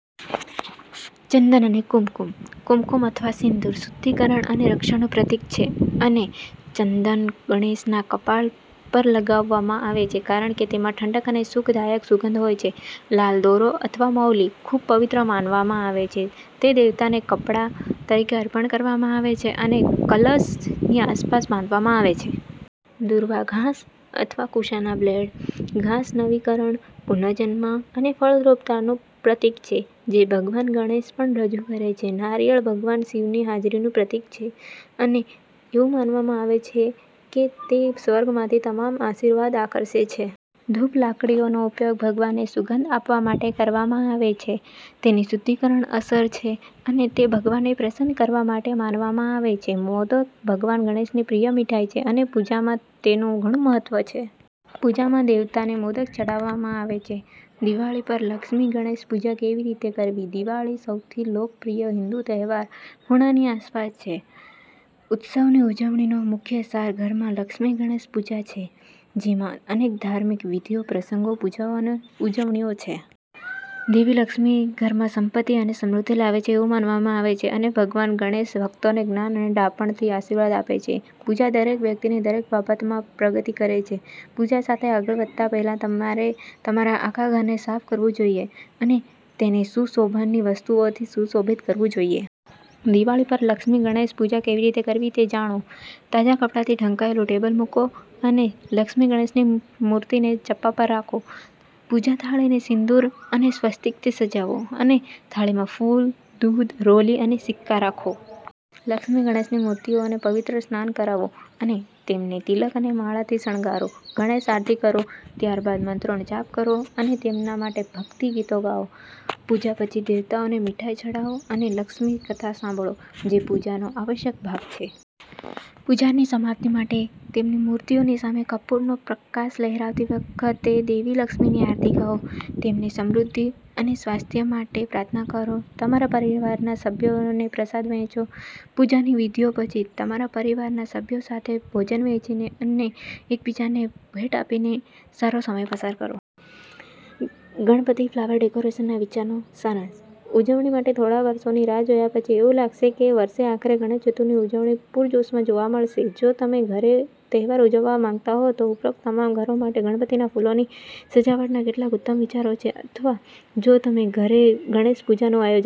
ચંદન અને કુમકુમ. કુમકુમ અથવા સિંદૂર શુદ્ધિકરણ અને રક્ષણનું પ્રતીક છે, અને ચંદન ગણેશના કપાળ પર લગાવવામાં આવે છે કારણ કે તેમાં ઠંડક અને સુખદાયક સુગંધ હોય છે. લાલ દોરો અથવા મૌલી. ખૂબ પવિત્ર માનવામાં આવે છે, તે દેવતાને કપડા તરીકે અર્પણ કરવામાં આવે છે અને કલશની આસપાસ બાંધવામાં આવે છે. દુર્વા ઘાસ અથવા કુશાના બ્લેડ. ઘાસ નવીકરણ, પુનર્જન્મ અને ફળદ્રુપતાનું પ્રતીક છે, જે ભગવાન ગણેશ પણ રજૂ કરે છે. નારિયેળ ભગવાન શિવની હાજરીનું પ્રતીક છે અને એવું માનવામાં આવે છે કે તે સ્વર્ગમાંથી તમામ આશીર્વાદ આકર્ષે છે. ધૂપ લાકડીઓનો ઉપયોગ ભગવાનને સુગંધ આપવા માટે કરવામાં આવે છે. તેની શુદ્ધિકરણ અસર છે અને તે ભગવાનને પ્રસન્ન કરવા માટે માનવામાં આવે છે. મોદક ભગવાન ગણેશની પ્રિય મીઠાઈ છે અને પૂજામાં તેનું ઘણું મહત્વ છે. પૂજામાં દેવતાને મોદક ચઢાવવામાં આવે છે. દિવાળી પર લક્ષ્મી ગણેશ પૂજા કેવી રીતે કરવી? દિવાળી, સૌથી લોકપ્રિય હિન્દુ તહેવાર, ખૂણાની આસપાસ છે. ઉત્સવની ઉજવણીનો મુખ્ય સાર. ઘરમાં લક્ષ્મી ગણેશ પૂજા છે, જેમાં અનેક ધાર્મિક વિધિઓ, પ્રસંગો, પૂજાઓ અને ઉજવણીઓ છે. દેવી લક્ષ્મી ઘરમાં સંપત્તિ અને સમૃદ્ધિ લાવે છે એવું માનવામાં આવે છે, અને ભગવાન ગણેશ ભક્તોને જ્ઞાન અને ડહાપણથી આશીર્વાદ આપે છે. પૂજા દરેક વ્યક્તિની દરેક બાબતમાં પ્રગતિ કરે છે. પૂજા સાથે આગળ વધતા પહેલા, તમારે તમારા આખા ઘરને સાફ કરવું જોઈએ અને તેને સુશોભનની વસ્તુઓથી સુશોભિત કરવું જોઈએ. દિવાળી પર લક્ષ્મી ગણેશ પૂજા કેવી રીતે કરવી તે જાણો. તાજા કપડાથી ઢંકાયેલું ટેબલ મૂકો અને લક્ષ્મી ગણેશની મૂર્તિને ચપ્પા પર રાખો. પૂજા થાળીને સિંદૂર અને સ્વસ્તિકથી સજાવો અને થાળીમાં ફૂલ, દૂધ, રોલી અને સિક્કા રાખો. લક્ષ્મી ગણેશની મૂર્તિઓને પવિત્ર સ્નાન કરાવો અને તેમને તિલક અને માળાથી શણગારો. ગણેશ આરતી કરો, ત્યારબાદ મંત્રોનો જાપ કરો અને તેમના માટે ભક્તિ ગીતો ગાઓ. પૂજા પછી દેવતાઓને મીઠાઈઓ ચઢાવો અને લક્ષ્મી કથા સાંભળો, જે પૂજાનો આવશ્યક ભાગ છે. પૂજાની સમાપ્તિ માટે, તેમની મૂર્તિઓની સામે કપૂરનો પ્રકાશ લહેરાવતી વખતે દેવી લક્ષ્મીની આરતી ગાઓ. તેમને સમૃદ્ધિ અને સ્વાસ્થ્ય માટે પ્રાર્થના કરો અને તમારા પરિવારના સભ્યોને પ્રસાદ વહેંચો. પૂજાની વિધિઓ પછી, તમારા પરિવારના સભ્યો સાથે ભોજન વહેંચીને અને એકબીજાને ભેટ આપીને સારો સમય પસાર કરો. ગણપતિ ફ્લાવર ડેકોરેશનના વિચારોનો સારાંશ. ઉજવણી માટે થોડા વર્ષોની રાહ જોયા પછી, એવું લાગે છે કે વર્ષે આખરે ગણેશ ચતુર્થીની ઉજવણી પૂરજોશમાં જોવા મળશે. જો તમે ઘરે તહેવાર ઉજવવા માંગતા હો, તો ઉપરોક્ત તમામ ઘરો માટે ગણપતિના ફૂલોની સજાવટના કેટલાક ઉત્તમ વિચારો છે. અથવા, જો તમે ઘરે ગણેશ પૂજાનું આયોજન